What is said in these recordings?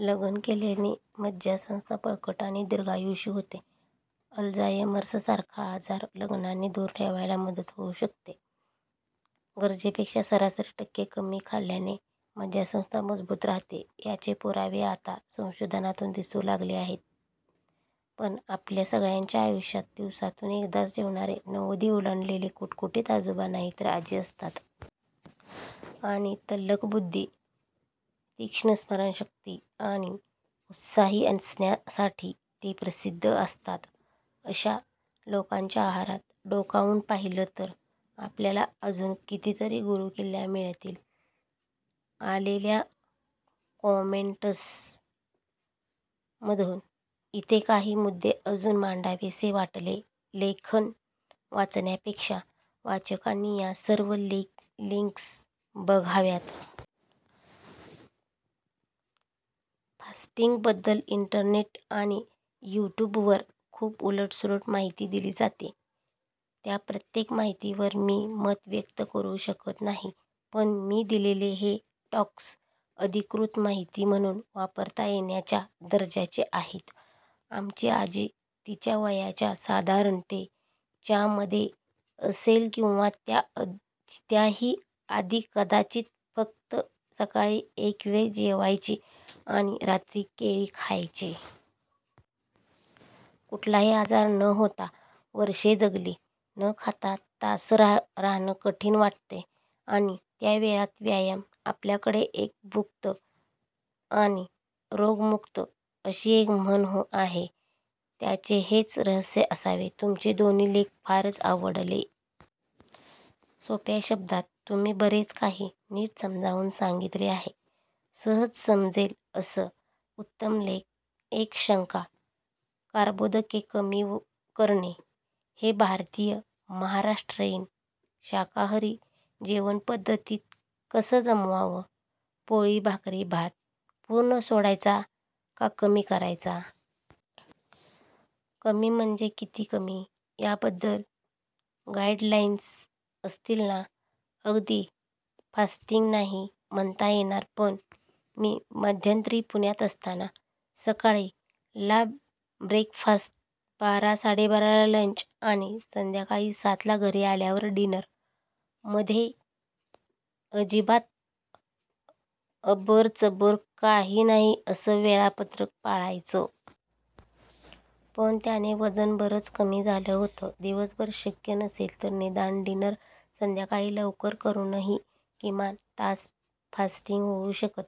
लंघन केल्यानी मज्जासंस्था बळकट आणि दीर्घायुषी होते. अल्झायमर्स सारखा आजार लंघनाने दूर ठेवायला मदत होऊ शकते. गरजेपेक्षा सरासरी टक्के कमी खाल्ल्याने मज्जासंस्था मजबूत राहते याचे पुरावे आता संशोधनातून दिसू लागले आहेत. पण आप्ल्या सगळ्यांच्या आयुष्यात दिवसातून एकदाच जेवणारे, नव्वदी ओलांडलेले खुटखुटीत आजोबा नाहीतर आजी असतात. आणि तल्लख बुद्धी, तीक्ष्ण स्मरणशक्ती, आणि उत्साही असण्यासाठी ते प्रसिद्ध असतात. अशा लोकांच्या आहारात डोकावून पाहिलं तर आपल्याला अजून कितीतरी गुरुकिल्ल्या मिळतील! आलेल्या कॉमेंट्स मधून इथे काही मुद्दे अजून मांडावेसे वाटले लेखन वाचण्यापेक्षा वाचकांनी या सर्व लिंक्स बघाव्यात. फास्टिंग बद्दल इंटरनेट आणि युट्युबवर खूप उलट सुलट माहिती दिली जाते. त्या प्रत्येक माहितीवर मी मत व्यक्त करू शकत नाही. पण मी दिलेले हे टॉक्स अधिकृत माहिती म्हणून वापरता येण्याच्या दर्जाचे आहेत. आमची आजी तिच्या वयाच्या साधारण ते च्या मधे असेल किंवा त्या ही आधी कदाचित, फक्त सकाळी एक वेळ जेवायची आणि रात्री केळी खायची. कुठलाही आजार न होता वर्षे जगली. न खाता तास राहणं कठीण वाटतयं. आणि त्या वेळात व्यायाम? आपल्याकडे "एक भुक्त आणि रोगमुक्त" अशी एक म्हण आहे. त्याचे हेच रहस्य असावे. तुमचे दोन्ही लेख फारच आवडले. सोप्या शब्दांत तुम्ही बरेच काही नीट समजावून सांगितले आहे. सहज समजेल असं.., उत्तम लेख. एक शंका, कार्बोदके कमी करणे हे भारतीय / महाराष्ट्रीय शाकाहारी जेवणपद्धतीत कसं जमवावं? पोळी / भाकरी / भात पूर्ण सोडायचा का कमी करायचा? कमी म्हणजे किती कमी? याबद्दल गाईडलाईन्स असतील ना? अगदी फास्टींग नाही म्हणता येणार पण मी मध्यंतरी पुण्यात असताना, सकाळी: ला ब्रेकफास्ट, बारा-साडेबाराला लंच आणि संध्याकाळी सातला घरी आल्यावर डीनर.. मधे अजिबात अबरचबर काही नाही असं वेळापत्रक पाळायचो. पण त्याने वजन बरच कमी झालं होतं. दिवसभर शक्य नसेल तर निदान डीनर संध्याकाळी लवकर करूनही किमान तास फास्टींग होऊ शकतं.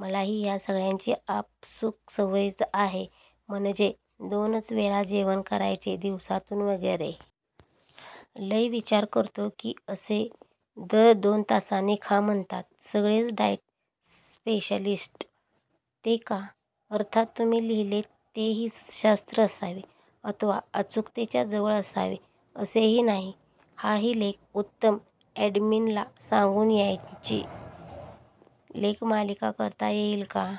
मलाही ह्या सगळ्याची आपसूक सवय आहे. म्हणजे दोनच वेळा जेवण करायचे दिवसातून वगैरे. लै विचार करतो की असे दर दोन तासाने खा म्हणतात सगळेच डायट स्पेशालिस्ट ते का? अर्थात तुम्ही लिहिलेत तेही शास्त्र असावे अथवा अचूकतेच्या जवळ असावे असेही नाही. हाही लेख उत्तम. ॲडमिनला सांगून याची लेखमालिका करता येईल का?